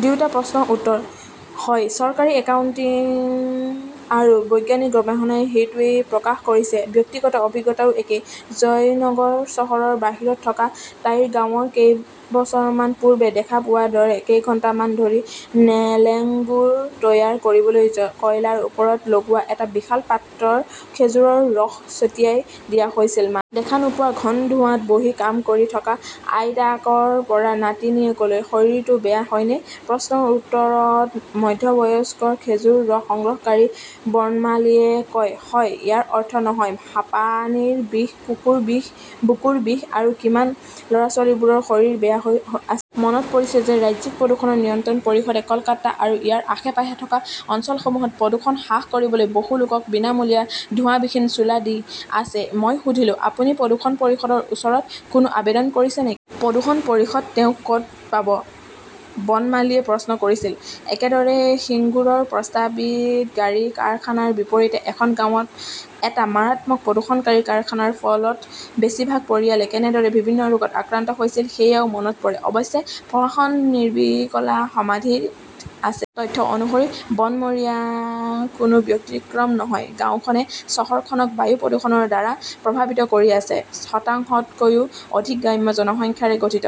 দুয়োটা প্ৰশ্নৰ উত্তৰ, হয়। চৰকাৰী একাউণ্টিং আৰু বৈজ্ঞানিক গৱেষণাই সেইটোৱেই প্ৰকাশ কৰিছে, ব্যক্তিগত অভিজ্ঞতাও একেই। জয়নগৰ চহৰৰ বাহিৰত থকা তাইৰ গাঁৱত কেইবছৰমান পূৰ্বে দেখা পোৱাৰ দৰে কেইঘণ্টামান ধৰি নেলেঙ্গুৰ তৈয়াৰ কৰিবলৈ কয়লাৰ ওপৰত লগোৱা এটা বিশাল পাত্ৰৰ খেজুৰৰ ৰস ছটিয়াই দিয়া হৈছিল। মা-- দেখা নোপোৱা ঘন ধোঁৱাত বহি কাম কৰি থকা আইতাকৰ পৰা নাতিনীলৈ। শৰীৰতো বেয়া হয়নে? প্ৰশ্নৰ উত্তৰত মধ্যবয়স্ক খেজুৰ ৰস সংগ্ৰহকাৰী বনমালিয়ে কয়, "হয় ইয়াৰ অৰ্থ নহয়, হাঁপানীৰ বিষ, বুকুৰ বিষ আৰু কিমান। ল'ৰা-ছোৱালীবোৰৰ শৰীৰ বেয়া হৈ আছে।" মনত পৰিছে যে ৰাজ্যিক প্ৰদূষণৰ নিয়ন্ত্ৰণ পৰিষদে কলকাতা আৰু ইয়াৰ আশে-পাশে থকা অঞ্চলসমূহত প্ৰদূষণ হ্ৰাস কৰিবলৈ বহু লোকক বিনামূলীয়া ধোঁৱাবিহীন চুলা দি আছে। মই সুধিলোঁ, আপুনি প্ৰদূষণ পৰিষদৰ ওচৰত কোনো আবেদন কৰিছে নেকি? প্ৰদূষণ পৰিষদ, তেওঁক ক'ত পাব? বনমালিয়ে প্ৰশ্ন কৰিছিল। একেদৰে সিঙ্গুৰৰ প্ৰস্তাৱিত গাড়ী, কাৰখানাৰ বিপৰীতে এখন গাঁৱত এটা মাৰাত্মক প্ৰদূষণকাৰী কাৰখানাৰ ফলত বেছিভাগ পৰিয়ালে কেনেদৰে বিভিন্ন ৰোগত আক্ৰান্ত হৈছিল সেয়াও মনত পৰে। অৱশ্যে, প্ৰশাসন নিৰ্বীকলা সমাধিত আছিল। তথ্য অনুসৰি বনমৰীয়া কোনো ব্যতিক্ৰম নহয়। গাওঁখনে চহৰখনক বায়ু প্ৰদূষণৰ দ্বাৰা প্ৰভাৱিত কৰি আছে। শতাংশতকৈও অধিক গ্ৰাম্য জনসংখ্যাৰে গঠিত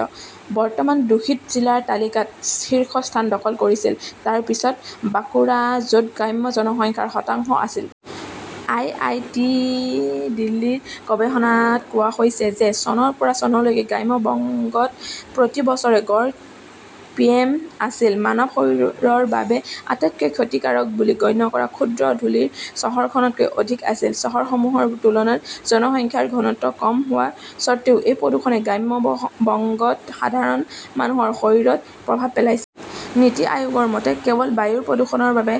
।বৰ্তমান দূষিত জিলাৰ তালিকাত শীৰ্ষস্থান দখল কৰিছিল। তাৰ পিছত বাঁকুৰা, য 'ত গ্ৰাম্য জনসংখ্যাৰ শতাংশ আছিল। আই. আই. টি. দিল্লীৰ গৱেষণাত কোৱা হৈছে যে, চনৰ পৰা চনলৈকে গ্ৰাম্য বংগত প্ৰতি বছৰে গড় পিএম আছিল, মানৱ শৰীৰৰ বাবে আটাইতকৈ ক্ষতিকাৰক বুলি গণ্য কৰা ক্ষুদ্ৰ ধূলি চহৰখনতকৈ অধিক আছিল। চহৰসমূহৰ তুলনাত জনসংখ্যাৰ ঘনত্ব কম হোৱাৰ স্বত্ত্বেও, এই প্ৰদূষণে গ্ৰাম্য বংগত সাধাৰণ মানুহৰ শৰীৰত প্ৰভাৱ পেলাইছে। নীতি আয়োগৰ মতে, কেৱল বায়ু প্ৰদূষণৰ বাবে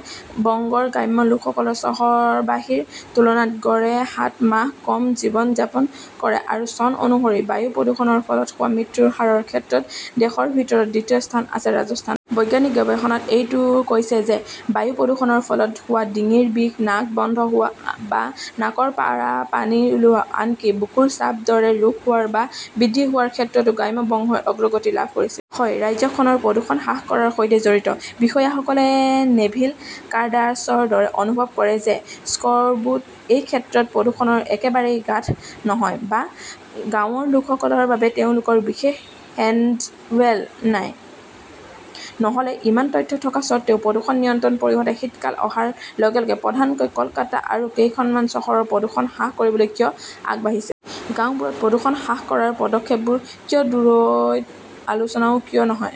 বংগৰ গ্ৰাম্য লোকসকলৰ চহৰবাসীৰ তুলনাত গড়ে সাত মাহ কম জীৱন যাপন কৰে আৰু চন অনুসৰি, বায়ু প্ৰদূষণৰ ফলত হোৱা মৃত্যুৰ হাৰৰ ক্ষেত্ৰত দেশৰ ভিতৰত দ্বিতীয় স্থান আছে ৰাজস্থান। বৈজ্ঞানিক গৱেষণাত এইটোও কৈছে যে, বায়ু প্ৰদূষণৰ ফলত হোৱা ডিঙিৰ বিষ, নাক বন্ধ হোৱা বা নাকৰ পাৰা পানী ওলোৱা, আনকি বুকুৰ চাপৰ দৰে ৰোগ হোৱা বা বৃদ্ধি হোৱাৰ ক্ষেত্ৰতো গ্ৰাম্য বংগই অগ্ৰগতি লাভ কৰিছে। হয় ৰাজ্যখনৰ প্ৰদূষণ হ্ৰাস কৰাৰ সৈতে জড়িত বিষয়াসকলে নেভিল কাৰ্ডাছৰ দৰে অনুভৱ কৰে যে-স্কৰবোৰ্ড, এই ক্ষেত্ৰত প্ৰদূষণৰ, একেবাৰে গাধ নহয় বা গাঁৱৰ লোকসকলৰ বাবে তেওঁলোকৰ বিশেষ হেল্ডৱেল নাই। নহ'লে, ইমান তথ্য থকা স্বত্বেও প্ৰদূষণ নিয়ন্ত্ৰণ পৰিষদে শীতকাল অহাৰ লগে লগে প্ৰধানকৈ কলকাতা আৰু কেইখনমান চহৰত প্ৰদূষণ হ্ৰাস কৰিবলৈ কিয় আগবাঢ়িছে? গাওঁবোৰত প্ৰদূষণ হ্ৰাস কৰাৰ পদক্ষেপবোৰ কিয় দূৰৈত, আলোচনাও কিয় নহয়?